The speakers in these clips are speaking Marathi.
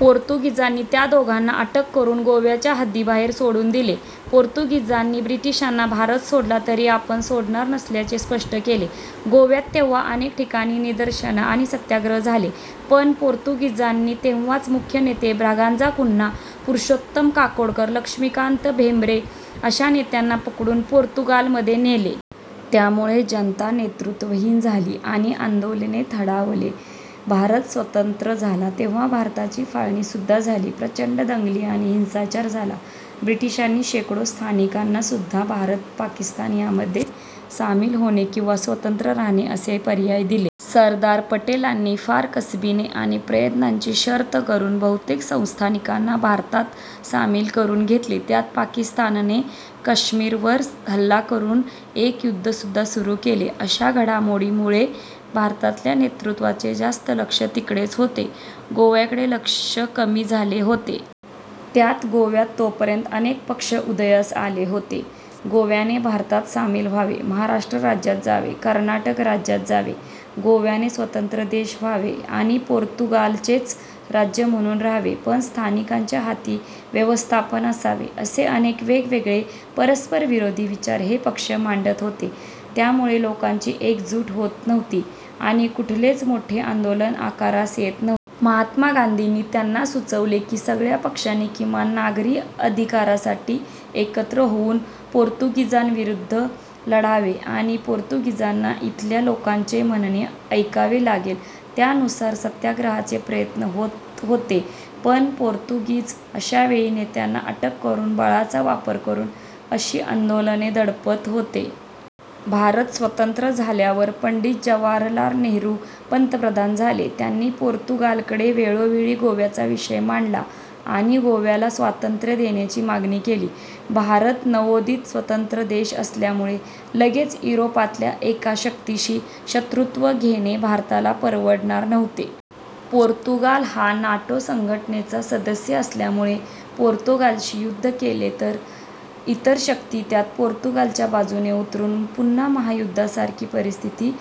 पोर्तुगीजांनी त्या दोघांना अटक करून गोव्याच्या हद्दीबाहेर सोडून दिले. पोर्तुगीजांनी ब्रिटिशांनी भारत सोडला तरी आपण सोडणार नसल्याचे स्पष्ट केले. गोव्यात तेव्हा अनेक ठिकाणी निदर्शने आणि सत्याग्रह झाले, पण पोर्तुगीजांनी तेव्हाचे मुख्य नेते ब्रागांझा कुन्हा, पुरुषोत्तम काकोडकर, लक्ष्मीकांत भेम्बरे अशा नेत्यांना पकडुन पोर्तुगालमध्ये नेले. त्यामुळे जनता नेतृत्वहीन झाली आणि आंदोलन थंडावले. भारत स्वतंत्र झाला तेव्हा भारताची फाळणीसुद्धा झाली. प्रचंड दंगली आणि हिंसाचार झाला. ब्रिटिशांनी शेकडो संस्थानिकांनासुद्धा भारत, पाकिस्तान यामध्ये सामील होणे किंवा स्वतंत्र राहणे असे पर्याय दिले. सरदार पटेलांनी फार कसबीने आणि प्रयत्नांची शर्थ करून बहुतेक संस्थानिकांना भारतात सामील करून घेतले. त्यात पाकिस्तानने काश्मीरवर हल्ला करून एक युद्धसुद्धा सुरु केले. अशा घडामोडींमुळे भारतातल्या नेतृत्वाचे जास्त लक्ष तिकडेच होते, गोव्याकडे लक्ष कमी झाले होते. त्यात गोव्यात तोपर्यंत अनेक पक्ष उदयास आले होते. गोव्याने भारतात सामील व्हावे, महाराष्ट्र राज्यात जावे. कर्नाटक राज्यात जावे, गोव्याने स्वतंत्र देश व्हावे किंवा पोर्तुगालचेच राज्य म्हणुन राहावे पण स्थानिकांच्या हाती व्यवस्थापन असावे असे अनेक वेगवेगळे परस्परविरोधी विचार हे पक्ष मांडत होते, त्यामुळे लोकांची एकजूट होत नव्हती आणि कुठलेच मोठे आंदोलन आकारास येत नव्हते. महात्मा गांधींनी त्यांना सुचवले कि सगळ्या पक्षांनी किमान नागरी अधिकारांसाठी एकत्र होऊन पोर्तुगीजांविरुद्ध लढावे म्हणजे पोर्तुगीजांना इथल्या लोकांचे म्हणणे ऐकावे लागेल. त्यानुसार सत्याग्रहाचे प्रयत्न होत होते पण पोर्तुगीज अशावेळी नेत्यांना अटक करून बळाचा वापर करून अशी आंदोलने दडपत होते. भारत स्वतंत्र झाल्यावर पंडित जवाहरलाल नेहरू पंतप्रधान झाले. त्यांनी पोर्तुगालकडे वेळोवेळी गोव्याचा विषय मांडला आणि गोव्याला स्वातंत्र्य देण्याची मागणी केली. भारत नवोदित स्वतंत्र देश असल्यामुळे लगेच युरोपातल्या एका शक्तीशी शत्रुत्व घेणे भारताला परवडणार नव्हते. पोर्तुगाल हा नाटो संघटनेचा सदस्य असल्यामुळे पोर्तुगालशी युद्ध केले तर इतर शक्ती त्यात पोर्तुगालच्या बाजूने उतरून पुन्हा महायुद्धासारखी परिस्थिती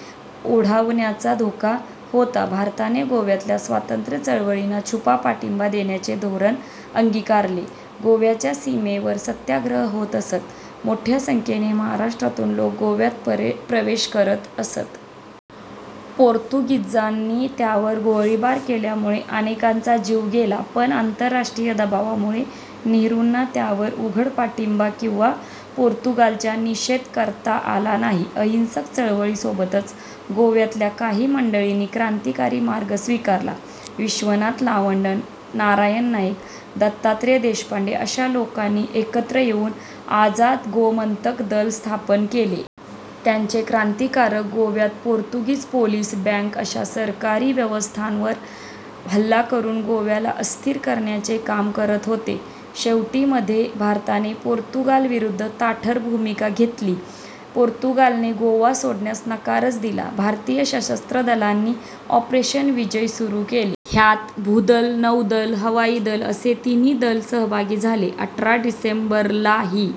ओढवण्याचा धोका होता. भारताने गोव्यातल्या स्वातंत्र्य चळवळींना छुपा पाठिंबा देण्याचे धोरण अंगिकारले. गोव्याच्या सीमेवर सत्याग्रह होत असत, मोठ्या संख्येने महाराष्टरातून लोक गोव्यात प्रवेश करत असत. पोर्तुगीजांनी त्यावर गोळीबार केल्यामुळे अनेकांचा जीव गेला, पण आंतरराष्ट्रीय दबावामुळे नेहरूंना त्यावर उघड पाठिंबा किंवा पोर्तुगालच्या निषेध करता आला नाही. अहिंसक चळवळीसोबतच गोव्यातल्या काही मंडळींनी क्रांतिकारी मार्ग स्वीकारला. विश्वनाथ लावंड, नारायण नाईक, दत्तात्रय देशपांडे अशा लोकांनी एकत्र येऊन आझाद गोमंतक दल स्थापन केले. त्यांचे क्रांतिकारक गोव्यात पोर्तुगीज पोलीस, बँक अशा सरकारी व्यवस्थांवर हल्ला करून गोव्याला अस्थिर करण्याचे काम करत होते. शेवटी मध्ये भारताने पोर्तुगालविरुद्ध ताठर भूमिका घेतली. पोर्तुगालने गोवा सोडण्यास नकारच दिला. भारतीय सशस्त्र दलांनी ऑपरेशन विजय सुरु केले. ह्यात भूदल, नौदल, हवाई दल असे तिन्ही दल सहभागी झाले. अठरा डिसेंबर ला हि